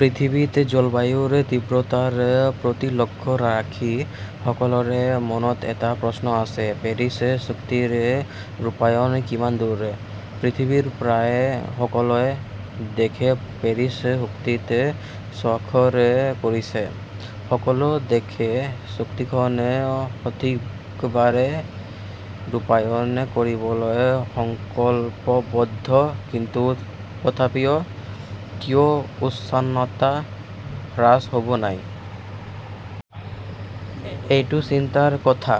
পৃথিৱীত জলবায়ুৰ তীব্ৰতাৰ প্ৰতি লক্ষ্য ৰাখি সকলোৰে মনত এটা প্ৰশ্ন আছে, পেৰিছ চুক্তিৰ ৰূপায়ণ কিমান দূৰ? পৃথিৱীৰ প্ৰায় সকলো দেশে পেৰিছ চুক্তিত স্বাক্ষৰ কৰিছে, সকলো দেশে চুক্তিখন সঠিকভাৱে ৰূপায়ণ কৰিবলৈ সংকল্পবদ্ধ, কিন্তু তথাপিও কিয় উষ্ণতা হ্ৰাস হোৱা নাই? এইটো চিন্তাৰ কথা!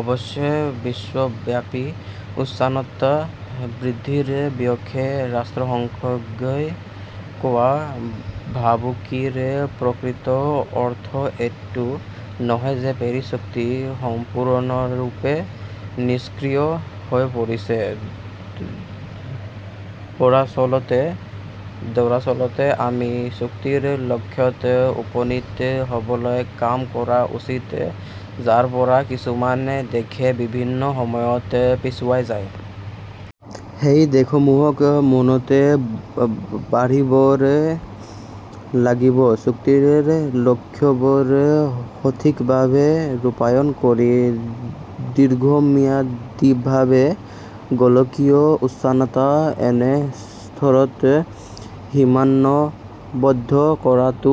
অৱশ্যে, বিশ্বব্ৰহ্মাণ্ডৰ উষ্ণতা বৃদ্ধিৰ বিষয়ে ৰাষ্ট্ৰসংঘই কোৱা ভাবুকিৰ প্ৰকৃত অৰ্থ এইটো নহয় যে পেৰিছ চুক্তি সম্পূৰ্ণৰূপে নিষ্ক্ৰিয় হৈ পৰিছে। দৰাচলতে আমি চুক্তিৰ লক্ষ্যত উপনীত হ'বলৈ কাম কৰা উচিত, যাৰ পৰা কিছুমান দেশে বিভিন্ন সময়ত 'পিছুৱাই" যায়। সেই দেশসমূহক মনত ৰাখিব লাগিব, চুক্তিৰ লক্ষ্যবোৰ সঠিকভাৱে ৰূপায়ণ কৰি দীৰ্ঘম্যাদীভাৱে গোলকীয় উষ্ণতা এনে স্তৰত সীমাবদ্ধ কৰাটো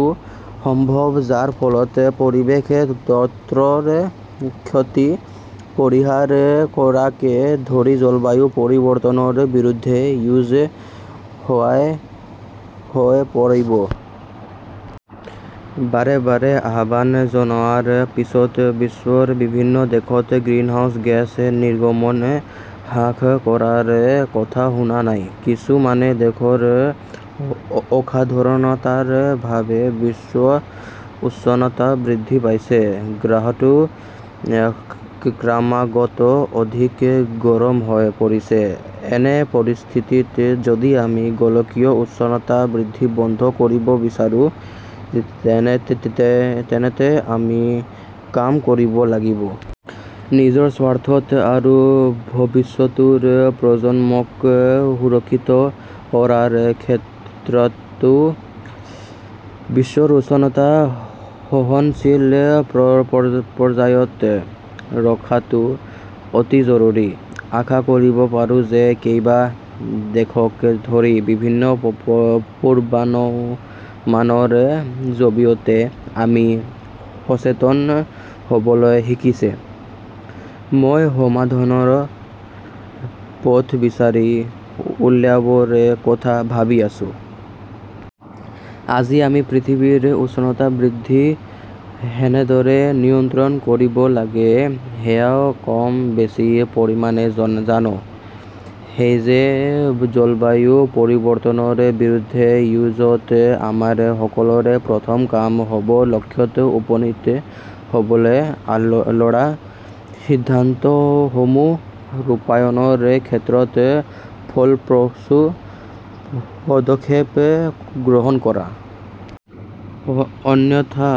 সম্ভৱ, যাৰ ফলত পৰিৱেশ তন্ত্ৰৰ ক্ষতি পৰিহাৰ কৰাকে ধৰি জলবায়ু পৰিৱৰ্তনৰ বিৰুদ্ধে যুঁজ সহজ হৈ পৰিব। বাৰে বাৰে আহ্বান জনোৱাৰ পিছতো বিশ্বৰ বিভিন্ন দেশে গ্ৰীণহাউছ গেছ নিৰ্গমন হ্ৰাস কৰাৰ কথা শুনা নাই। কিছুমান দেশৰ অসাধাৰণতাৰ বাবে বিশ্ব উষ্ণতা বৃদ্ধি পাইছে। গ্ৰহটো ক্ৰমাৎ অধিক গৰম হৈ পৰিছে। এনে পৰিস্থিতিত, যদি আমি গোলকীয় উষ্ণতা বৃদ্ধি বন্ধ কৰিব বিচাৰো, তেন্তে আমি কাম কৰিব লাগিব। নিজৰ স্বাৰ্থত আৰু ভৱিষ্যতৰ প্ৰজন্মক সুৰক্ষিত কৰাৰ ক্ষেত্ৰতো বিশ্বৰ উষ্ণতা সহনশীল পৰ্যায়ত ৰখাটো অতি জৰুৰী। আশা কৰিব পাৰি যে কেইবা দশক ধৰি বিভিন্ন পূৰ্বানুমানৰ জৰিয়তে আমি সচেতন হ'বলৈ শিকিছো। মই সমাধানৰ পথ বিচাৰি উলিওৱাৰ কথা ভাবি আছোঁ। আজি আমি পৃথিৱীৰ উষ্ণতা বৃদ্ধি কেনেদৰে নিয়ন্ত্ৰণ কৰিব লাগে সেয়াও কম বেছি পৰিমাণে জানো। সেয়েহে, জলবায়ু পৰিৱৰ্তনৰ বিৰুদ্ধে যুঁজত আমাৰ সকলোৰে প্ৰথম কাম হ'ব লক্ষ্যত উপনীত হ'বলৈ লোৱা সিদ্ধান্তসমূহ ৰূপায়ণৰ ক্ষেত্ৰত ফলপ্ৰসূ পদক্ষেপ গ্ৰহণ কৰা। অন্যথা,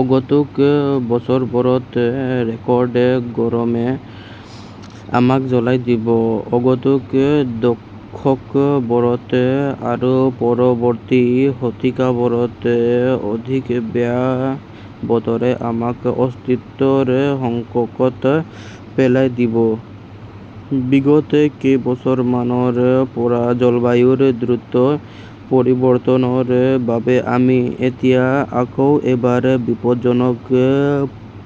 আগন্তুক বছৰবোৰত ৰেকৰ্ড গৰমে আমাক জ্বলাই দিব। আগন্তুক দশকবোৰত আৰু পৰৱৰ্তী শতিকাবোৰত অধিক বেয়া বতৰে আমাক অস্তিত্বৰ সংকটত পেলাই দিব! বিগত কেইবছৰমানৰ পৰা জলবায়ুৰ দ্ৰুত পৰিৱৰ্তনৰ বাবে আমি এতিয়া আকৌ এবাৰ বিপদজনক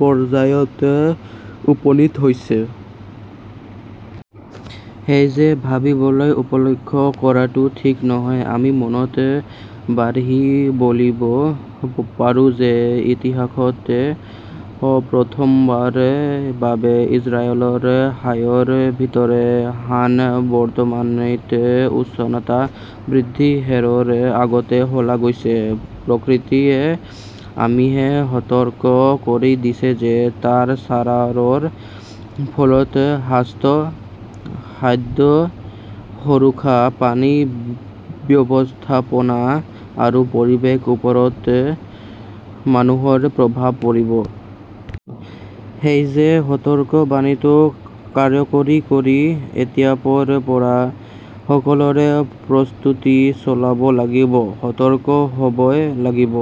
পৰ্যায়ত উপনীত হৈছো। সেয়েহে, ভাবুকিটো উপেক্ষা কৰাটো ঠিক নহ'ব। আমি মনত ৰাখিব লাগিব যে ইতিহাসতে প্ৰথমবাৰৰ বাবে ইমান কম সময়ৰ ভিতৰত ইমান দ্ৰুতগতিত উষ্ণতা বৃদ্ধি হোৱাৰ আশংকা শুনা গৈছে। ডব্লিউ এম অ'য়ে সতৰ্ক কৰি দিছে যে, তীব্ৰ চৰাইৰ ফলত স্বাস্থ্য, খাদ্য সুৰক্ষা, পানী ব্যৱস্থাপনা আৰু পৰিৱেশৰ ওপৰত মাৰাত্মক প্ৰভাৱ পৰিব। সেয়েহে সতৰ্কবাণীটো কাৰ্যকৰী কৰি এতিয়াৰ পৰা সকলোৱে প্ৰস্তুতি চলাব লাগিব। সতৰ্ক হ'বই লাগিব।